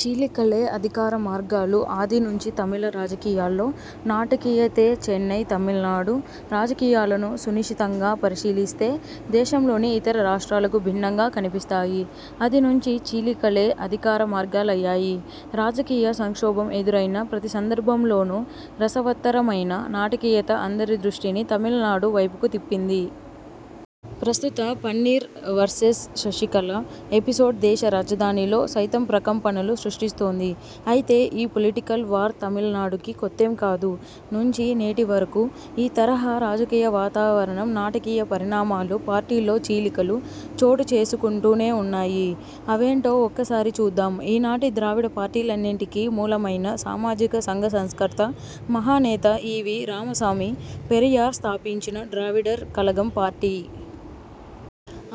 చీలికలే అధికార మార్గాలు ఆది నుంచి తమిళ రాజకీయాల్లో నాటకీయతేచెన్నై తమిళనాడు రాజకీయాలను సునిశితంగా పరి శీలిస్తే దేశంలోని ఇతర రాష్ట్రాలకు భిన్నంగా కనిపిస్తాయి. ఆది నుంచి చీలికలే అధికార మార్గాలయ్యాయి. రాజకీయ సంక్షోభం ఎదురైన ప్రతి సందర్భంలోనూ రసవత్తరమైన నాటకీయత అందరి దృష్టిని తమిళనాడు వైపుకు తిప్పింది. ప్రస్తుత 'పన్నీర్ వర్సెస్ శశికళ' ఎపిసోడ్ దేశ రాజధానిలో సైతం ప్రకంపనలు సృష్టిస్తోంది. అయితే ఈ పొలిటికల్ వార్ తమిళ నాడుకి కొత్తేం కాదు. నుంచి నేటి వరకు ఈ తరహా రాజకీయ వాతావరణం, నాటకీయ పరిణామాలు, పార్టీల్లో చీలికలు చోటుచేసు కుంటూనే వున్నాయి. అవేంటో ఒక్కసారి చూద్దాం ఈనాటి ద్రావిడ పార్టీలన్నింటికీ మూలమైన సామాజిక సంఘ సంస్కర్త, మహానేత ఈవీ రామసామి పెరియార్ స్థాపించిన ద్రావిడర్ కళగం పార్టీ.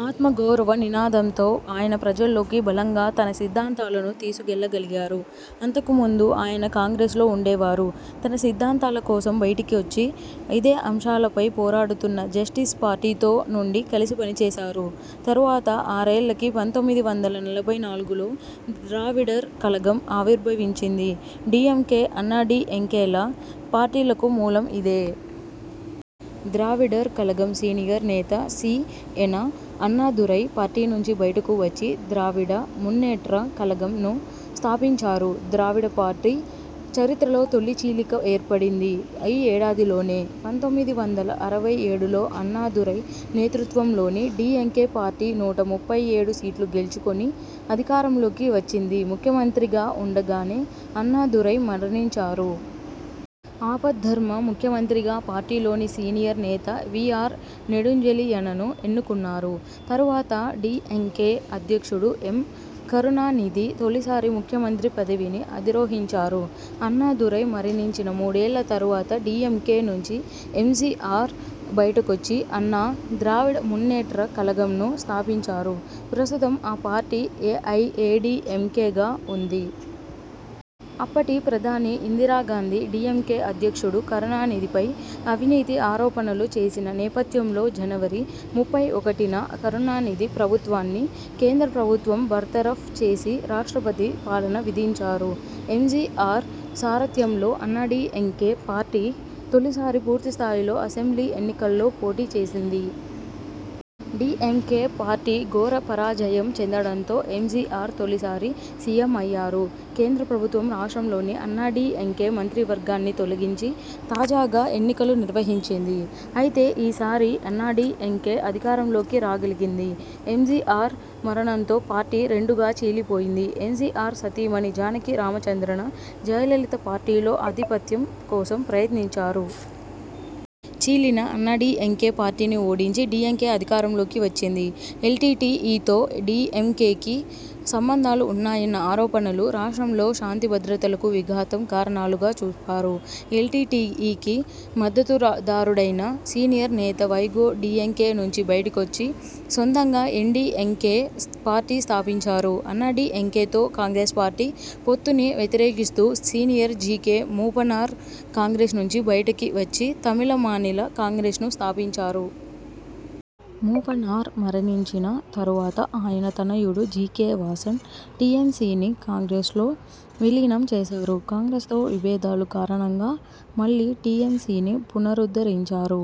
ఆత్మగౌరవ నినాదంతో ఆయన ప్రజల్లోకి బలంగా తన సిద్ధాంతాలను తీసుకెళ్లగలిగారు. అంతకుముందు ఆయన కాంగ్రెస్లో ఉండేవారు. తన సిద్ధాంతాల కోసం బయటికొచ్చి, ఇదే అంశాలపై పోరాడుతున్న జస్టిస్ పార్టీతో నుండి కలిసి పనిచేశారు. తరువాత ఆరేళ్లకి పంతొమ్మిది వందల నలభై నాలుగులో 'ద్రావిడర్ కళగం' ఆవిర్భవించింది డీఎంకే, అన్నాడీఎంకేల పార్టీలకు మూలం ఇదే. ద్రావిడర్ కళగం సీనియర్ నేత సీఎన అన్నాదురై పార్టీ నుంచి బయటకు వచ్చి ద్రావిడ మున్నేట్ర కళగం ను స్థాపించారు. ద్రావిడ పార్టీ చరిత్రలో తొలి చీలిక ఏర్పడింది ఈ ఏడాదిలోనే. పంతొమ్మిది వందల అరవై ఏడులో అన్నాదురై నేతృత్వంలోని డీఎంకే పార్టీ నూట ముప్పై ఏడు సీట్లు గెల్చుకుని అధికారంలోకి వచ్చింది ముఖ్యమంత్రిగా ఉండగానే అన్నాదురై మరణించారు. ఆపద్ధర్మ ముఖ్యమంత్రిగా పార్టీలోని సీనియర్ నేత వీఆర్ నెడుంజెళియనను ఎన్నుకున్నారు. తరువాత డీఎంకే అధ్యక్షుడు ఎం.కరుణానిధి తొలిసారి ముఖ్య మంత్రి పదవిని అధిరోహించారు. అన్నాదురై మరణించిన మూడేళ్ల తరువాత డీఎంకే నుంచి ఎంజీఆర్ బయటకొచ్చి అన్నా ద్రావిడ మున్నేట్ర కళగం ను స్థాపించారు. ప్రస్తుతం ఆ పార్టీ ఏఐఏడీఎంకేగా ఉంది. అప్పటి ప్రధాని ఇందిరాగాంధి డీఎంకే అధ్యక్షుడు కరుణానిధిపై అవినీతి ఆరోపణలు చేసిన నేపథ్యంలోజనవరి ముప్పై ఒకటిన కరుణానిధి ప్రభు త్వాన్ని కేంద్ర ప్రభుత్వం బర్తరఫ్ చేసి, రాష్ట్రపతి పాలన విధించారు ఎంజీఆర్ సారథ్యంలో అన్నాడీఎంకే పార్టీ తొలిసారి పూర్తి స్థాయిలో అసెంబ్లీ ఎన్నికల్లో పోటీ చేసింది. డీఎంకే పార్టీ ఘోర పరా జయం చెందడంతో ఎంజీఆర్ తొలిసారి సీఎం అయ్యారు. కేంద్ర ప్రభుత్వం రాష్ట్రంలోని అన్నాడీఎంకే మంత్రివర్గాన్ని తొలగించి, తాజాగా ఎన్నికలు నిర్వహించింది. అయితే ఈసారీ అన్నాడీఎంకే అధికారంలోకి రాగలిగింది. ఎంజీఆర్ మరణంతో పార్టీ రెండుగా చీలిపోయింది. ఎంజీఆర్ సతీమణి జానకి రామచంద్రన, జయలలిత పార్టీలో ఆధిపత్యం కోసం ప్రయత్నించారు. చీలిన అన్నాడీఎంకే పార్టీని ఓడించి డీఎంకే అధికారంలోకి వచ్చింది. ఎల్టీటీఈతో డీఎంకేకి సంబంధాలు ఉన్నాయన్న ఆరోపణలు, రాష్ట్రంలో శాంతి భద్రతలకు విఘాతం కారణాలుగా చూపారు. ఎల్టీటీఈకి మద్ధతుదారుడైన సీనియర్ నేత వైగో డీఎంకే నుంచి బయటకొచ్చి, సొంతంగా ఎండీఎంకే పార్టీ స్థాపించారు. అన్నాడీఎంకేతో కాంగ్రెస్ పార్టీ పొత్తుని వ్యతిరేకిస్తూ సీనియర్ జీకే మూపనార్ కాంగ్రెస్ నుంచి బయటకి వచ్చి తమిళ మానిల కాంగ్రెస్ ను స్థాపించారు. మూపనార్ మరణించిన తరువాత ఆయన తనయుడు జీకే వాసన్ టీఎంసీని కాంగ్రెస్లో విలీనం చేశారు. కాంగ్రెస్తో విభేదాలు కారణంగా మళ్లీ టీఎంసీని పునరుద్ధరించారు.